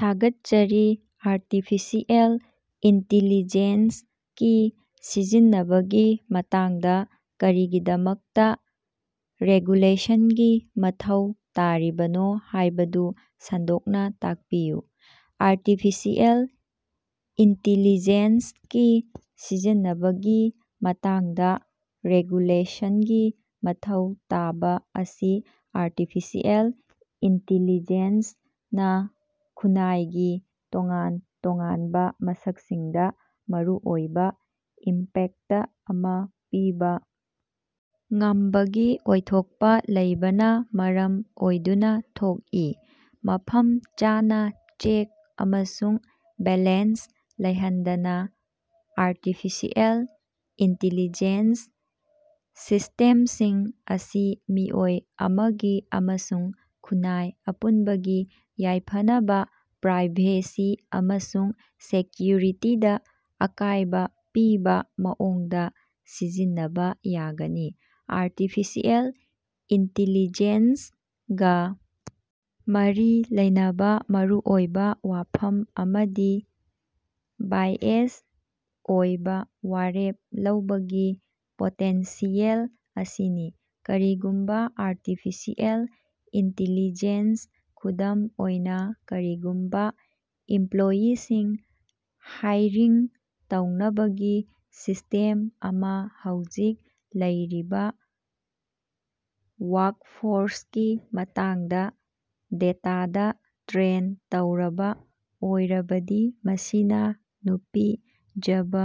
ꯊꯥꯒꯠꯆꯔꯤ artificial intelligence ꯀꯤ ꯁꯤꯖꯤꯟꯅꯕꯒꯤ ꯃꯇꯥꯡꯗ ꯀꯔꯤꯒꯤꯗꯃꯛꯇ ꯔꯦꯒꯨꯂꯦꯁꯟꯒꯤ ꯃꯊꯧ ꯇꯥꯔꯤꯕꯅꯣ ꯍꯥꯏꯕꯗꯨ ꯁꯟꯗꯣꯛꯅ ꯇꯥꯛꯄꯤꯌꯨ? ꯑꯥꯔꯇꯤꯐꯤꯁꯤꯑꯦꯜ ꯏꯟꯇꯤꯂꯤꯖꯦꯟꯁ ꯀꯤ ꯁꯤꯖꯤꯟꯅꯕꯒꯤ ꯃꯇꯥꯡꯗ ꯔꯦꯒꯨꯂꯦꯁꯟꯒꯤ ꯃꯊꯧ ꯇꯥꯕ ꯑꯁꯤ ꯑꯥꯔꯇꯤꯐꯤꯁꯤꯑꯦꯜ ꯏꯟꯇꯤꯂꯤꯖꯦꯟꯁ ꯅꯥ ꯈꯨꯟꯅꯥꯏꯒꯤ ꯇꯣꯉꯥꯟ ꯇꯣꯉꯥꯟꯕ ꯃꯁꯛꯁꯤꯡꯗ ꯃꯔꯨꯑꯣꯏꯕ ꯏꯝꯄꯦꯛꯇ ꯑꯃ ꯄꯤꯕ ꯉꯝꯕꯒꯤ ꯑꯣꯏꯊꯣꯛꯄ ꯂꯩꯕꯅ ꯃꯔꯝ ꯑꯣꯏꯗꯨꯅ ꯊꯣꯛꯏ꯫ ꯃꯐꯝ ꯆꯥꯅ ꯆꯦꯛ ꯑꯃꯁꯨꯡ ꯕꯦꯂꯦꯟꯁ ꯂꯩꯍꯟꯗꯅ, ꯑꯥꯔꯇꯤꯐꯤꯁꯤꯑꯦꯜ ꯏꯟꯇꯤꯂꯤꯖꯦꯟꯁ ꯁꯤꯁ꯭ꯇꯦꯝꯁꯤꯡ ꯑꯁꯤ ꯃꯤꯑꯣꯏ ꯑꯃꯒꯤ ꯑꯃꯁꯨꯡ ꯈꯨꯟꯅꯥꯏ ꯑꯄꯨꯟꯕꯒꯤ ꯌꯥꯏꯐꯅꯕ, ꯄ꯭ꯔꯥꯏꯚꯦꯁꯤ ꯑꯃꯁꯨꯡ ꯁꯦꯀ꯭ꯌꯨꯔꯤꯇꯤꯗ ꯑꯀꯥꯏꯕ ꯄꯤꯕ ꯃꯑꯣꯡꯗ ꯁꯤꯖꯤꯟꯅꯕ ꯌꯥꯒꯅꯤ꯫ ꯑꯥꯔꯇꯤꯐꯤꯁꯤꯑꯦꯜ ꯏꯟꯇꯤꯂꯤꯖꯦꯟꯁ ꯒꯥ ꯃꯔꯤ ꯂꯩꯅꯕ ꯃꯔꯨꯑꯣꯏꯕ ꯋꯥꯐꯝ ꯑꯃꯗꯤ ꯕꯥꯏꯑꯦꯖ ꯑꯣꯏꯕ ꯋꯥꯔꯦꯞ ꯂꯧꯕꯒꯤ ꯄꯣꯇꯦꯟꯁꯤꯌꯦꯜ ꯑꯁꯤꯅꯤ꯫ ꯀꯔꯤꯒꯨꯝꯕ ꯑꯥꯔꯇꯤꯐꯤꯁꯤꯑꯦꯜ ꯏꯟꯇꯤꯂꯤꯖꯦꯟꯁ ꯈꯨꯗꯝ ꯑꯣꯏꯅ, ꯀꯔꯤꯒꯨꯝꯕ ꯏꯝꯄ꯭ꯂꯣꯌꯤꯁꯤꯡ ꯍꯥꯏꯔꯤꯡ ꯇꯧꯅꯕꯒꯤ ꯁꯤꯁ꯭ꯇꯦꯝ ꯑꯃ ꯍꯧꯖꯤꯛ ꯂꯩꯔꯤꯕ ꯋꯥ꯭ꯔꯛꯐꯣꯔꯁꯀꯤ ꯃꯇꯥꯡꯗ ꯗꯦꯇꯥꯗ ꯇ꯭ꯔꯦꯟ ꯇꯧꯔꯕ ꯑꯣꯏꯔꯕꯗꯤ, ꯃꯁꯤꯅ ꯅꯨꯄꯤ ꯖꯕ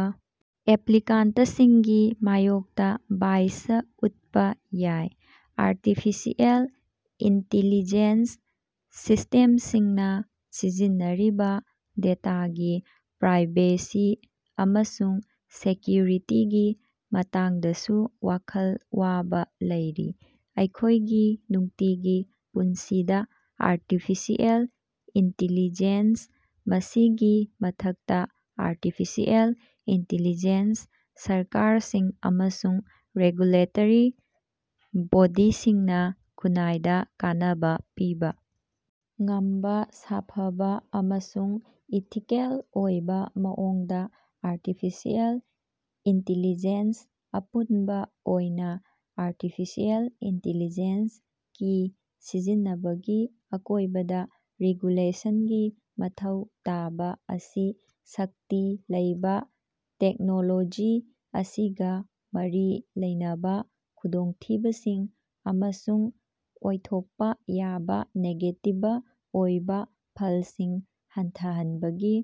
ꯑꯦꯄ꯭ꯂꯤꯀꯥꯟꯇꯁꯤꯡꯒꯤ ꯃꯥꯌꯣꯛꯇ ꯕꯥꯏꯁ ꯎꯠꯄ ꯌꯥꯏ꯫ ꯑꯥꯔꯇꯤꯐꯤꯁꯤꯑꯦꯜ ꯏꯟꯇꯤꯂꯤꯖꯦꯟꯁ ꯁꯤꯁ꯭ꯇꯦꯝꯁꯤꯡꯅ ꯁꯤꯖꯤꯟꯅꯔꯤꯕ ꯗꯦꯇꯥꯒꯤ ꯄ꯭ꯔꯥꯏꯕꯦꯁꯤ ꯑꯃꯁꯨꯡ ꯁꯦꯀ꯭ꯌꯨꯔꯤꯇꯤꯒꯤ ꯃꯇꯥꯡꯗꯁꯨ ꯋꯥꯈꯜ ꯋꯥꯕꯥ ꯂꯩꯔꯤ꯫ ꯑꯩꯈꯣꯏꯒꯤ ꯅꯨꯡꯇꯤꯒꯤ ꯄꯨꯟꯁꯤꯗ ꯑꯥꯔꯇꯤꯐꯤꯁꯤꯑꯦꯜ ꯏꯟꯇꯤꯂꯤꯖꯦꯟꯁ ꯃꯁꯤꯒꯤ ꯃꯊꯛꯇ, ꯑꯥꯔꯇꯤꯐꯤꯁꯤꯑꯦꯜ ꯏꯟꯇꯤꯂꯤꯖꯦꯟꯁ ꯁꯔꯀꯥꯔꯁꯤꯡ ꯑꯃꯁꯨꯡ ꯔꯦꯒꯨꯂꯦꯇ꯭ꯔꯤ ꯕꯣꯗꯤꯁꯤꯡꯅ ꯈꯨꯟꯅꯥꯏꯗ ꯀꯥꯟꯅꯕ ꯄꯤꯕ ꯉꯝꯕ ꯁꯥꯐꯕ ꯑꯃꯁꯨꯡ ꯏꯊꯤꯀꯦꯜ ꯑꯣꯏꯕ ꯃꯑꯣꯡꯗ‌ ꯑꯥꯔꯇꯤꯐꯤꯁꯤꯑꯦꯜ ꯏꯟꯇꯤꯂꯤꯖꯦꯟꯁ ꯑꯄꯨꯟꯕ ꯑꯣꯏꯅ, ꯑꯥꯔꯇꯤꯐꯤꯁꯤꯑꯦꯜ ꯏꯟꯇꯤꯂꯤꯖꯦꯟꯁ ꯀꯤ ꯁꯤꯖꯤꯟꯅꯕꯒꯤ ꯑꯀꯣꯏꯕꯗ ꯔꯤꯒꯨꯂꯦꯁꯟꯒꯤ ꯃꯊꯧ ꯇꯥꯕ ꯑꯁꯤ ꯁꯛꯇꯤ ꯂꯩꯕ ꯇꯦꯛꯅꯣꯂꯣꯖꯤ ꯑꯁꯤꯒ ꯃꯔꯤ ꯂꯩꯅꯕ ꯈꯨꯗꯣꯡꯊꯤꯕꯁꯤꯡ ꯑꯃꯁꯨꯡ ꯑꯣꯏꯊꯣꯛꯄ ꯌꯥꯕ ꯅꯦꯒꯦꯇꯤꯕ ꯑꯣꯏꯕ ꯐꯜꯁꯤꯡ ꯍꯟꯊꯍꯟꯕꯒꯤ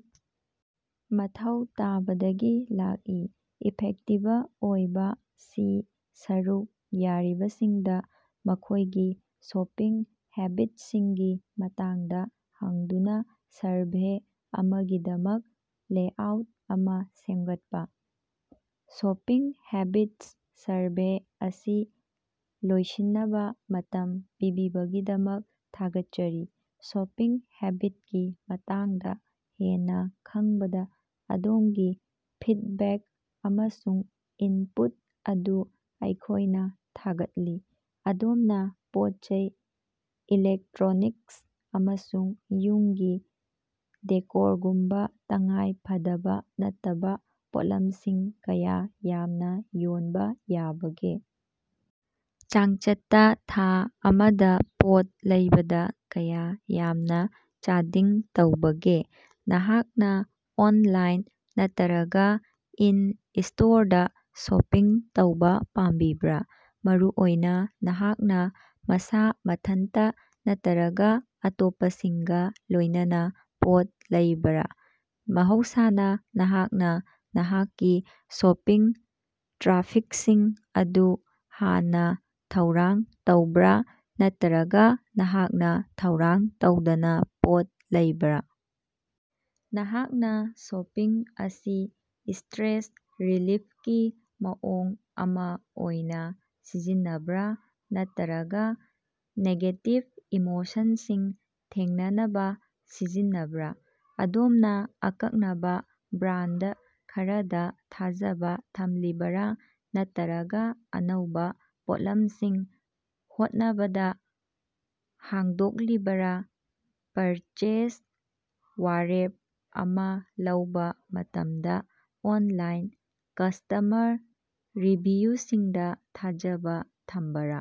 ꯃꯊꯧ ꯇꯥꯕꯗꯒꯤ ꯂꯥꯛꯏ꯫ ꯏꯐꯦꯛꯇꯤꯕ ꯑꯣꯏꯕ ꯁꯤ ꯁꯔꯨꯛ ꯌꯥꯔꯤꯕꯁꯤꯡꯗ ꯃꯈꯣꯏꯒꯤ ꯁꯣꯄꯤꯡ ꯍꯦꯕꯤꯠꯁꯤꯡꯒꯤ ꯃꯇꯥꯡꯗ ꯍꯪꯗꯨꯅ ꯁꯔꯚꯦ ꯑꯃꯒꯤꯗꯃꯛ ꯂꯦꯑꯥꯎꯠ ꯑꯃ ꯁꯦꯝꯒꯠꯄ꯫ ꯁꯣꯄꯤꯡ ꯍꯦꯕꯤꯠꯁ ꯁꯔꯚꯦ ꯑꯁꯤ ꯂꯣꯏꯁꯤꯟꯅꯕ ꯃꯇꯝ ꯄꯤꯕꯤꯕꯒꯤꯗꯃꯛ ꯊꯥꯒꯠꯆꯔꯤ꯫ ꯁꯣꯄꯤꯡ ꯍꯦꯕꯤꯠꯀꯤ ꯃꯇꯥꯡꯗ ꯍꯦꯟꯅ ꯈꯪꯕꯗ ꯑꯗꯣꯝꯒꯤ ꯐꯤꯗꯕꯦꯛ ꯑꯃꯁꯨꯡ ꯏꯟꯄꯨꯠ ꯑꯗꯨ ꯑꯩꯈꯣꯏꯅ ꯊꯥꯒꯠꯂꯤ꯫ ꯑꯗꯣꯝꯅ ꯄꯣꯠꯆꯩ, ꯏꯂꯦꯛꯇ꯭ꯔꯣꯅꯤꯛꯁ, ꯑꯃꯁꯨꯡ ꯌꯨꯝꯒꯤ ꯗꯦꯀꯣꯔꯒꯨꯝꯕ ꯇꯉꯥꯏ ꯐꯗꯕ ꯅꯠꯇꯕ ꯄꯣꯠꯂꯝꯁꯤꯡ ꯀꯌꯥ ꯌꯥꯝꯅ ꯌꯣꯟꯕ ꯌꯥꯕꯒꯦ? ꯆꯥꯡꯆꯠꯇ ꯊꯥ ꯑꯃꯗ ꯄꯣꯠ ꯂꯩꯕꯗ ꯀꯌꯥ ꯌꯥꯝꯅ ꯆꯥꯗꯤꯡ ꯇꯧꯕꯒꯦ? ꯅꯍꯥꯛꯅ ꯑꯣꯟꯂꯥꯏꯟ ꯅꯠꯇꯔꯒ ꯏꯟ-ꯁ꯭ꯇꯣꯔꯗ ꯁꯣꯄꯤꯡ ꯇꯧꯕ ꯄꯥꯝꯕꯤꯕ꯭ꯔꯥ? ꯃꯔꯨꯑꯣꯏꯅ ꯅꯍꯥꯛꯅ ꯃꯁꯥ ꯃꯊꯟꯇ ꯅꯠꯇꯔꯒ ꯑꯇꯣꯞꯄꯁꯤꯡꯒ ꯂꯣꯏꯅꯅ ꯄꯣꯠ ꯂꯩꯕ꯭ꯔꯥ? ꯃꯍꯧꯁꯥꯅ ꯅꯍꯥꯛꯅ ꯅꯍꯥꯛꯀꯤ ꯁꯣꯄꯤꯡ ꯇ꯭ꯔꯥꯐꯤꯛꯁꯤꯡ ꯑꯗꯨ ꯍꯥꯟꯅ ꯊꯧꯔꯥꯡ ꯇꯧꯕ꯭ꯔꯥ ꯅꯠꯇꯔꯒ ꯅꯍꯥꯛꯅ ꯊꯧꯔꯥꯡ ꯇꯧꯗꯅ ꯄꯣꯠ ꯂꯩꯕ꯭ꯔꯥ? ꯅꯍꯥꯛꯅ ꯁꯣꯄꯤꯡ ꯑꯁꯤ ꯁ꯭ꯇꯔꯦꯁ ꯔꯤꯂꯤꯐꯀꯤ ꯃꯑꯣꯡ ꯑꯃ ꯑꯣꯏꯅ ꯁꯤꯖꯤꯟꯅꯕ꯭ꯔꯥ ꯅꯠꯇꯔꯒ ꯅꯦꯒꯦꯇꯤꯚ ꯏꯃꯣꯁꯟꯁꯤꯡ ꯊꯦꯡꯅꯅꯕ ꯁꯤꯖꯤꯟꯅꯕ꯭ꯔꯥ? ꯑꯗꯣꯝꯅ ꯑꯀꯛꯅꯕ ꯕ꯭ꯔꯥꯟꯗ ꯈꯔꯗ ꯊꯥꯖꯕ‌ ꯊꯝꯂꯤꯕꯔꯥ ꯅꯠꯇꯔꯒ ꯑꯅꯧꯕ ꯄꯣꯠꯂꯝꯁꯤꯡ ꯍꯣꯠꯅꯕꯗ ꯍꯥꯡꯗꯣꯛꯂꯤꯕꯔꯥ? ꯄꯔꯆꯦꯖ ꯋꯥꯔꯦꯞ ꯑꯃ ꯂꯧꯕ ꯃꯇꯝꯗ ꯑꯣꯟꯂꯥꯏꯟ ꯀꯁ꯭ꯇꯃꯔ ꯔꯤꯚꯤꯌꯨꯁꯤꯡꯗ ꯊꯥꯖꯕ ꯊꯝꯕꯔꯥ?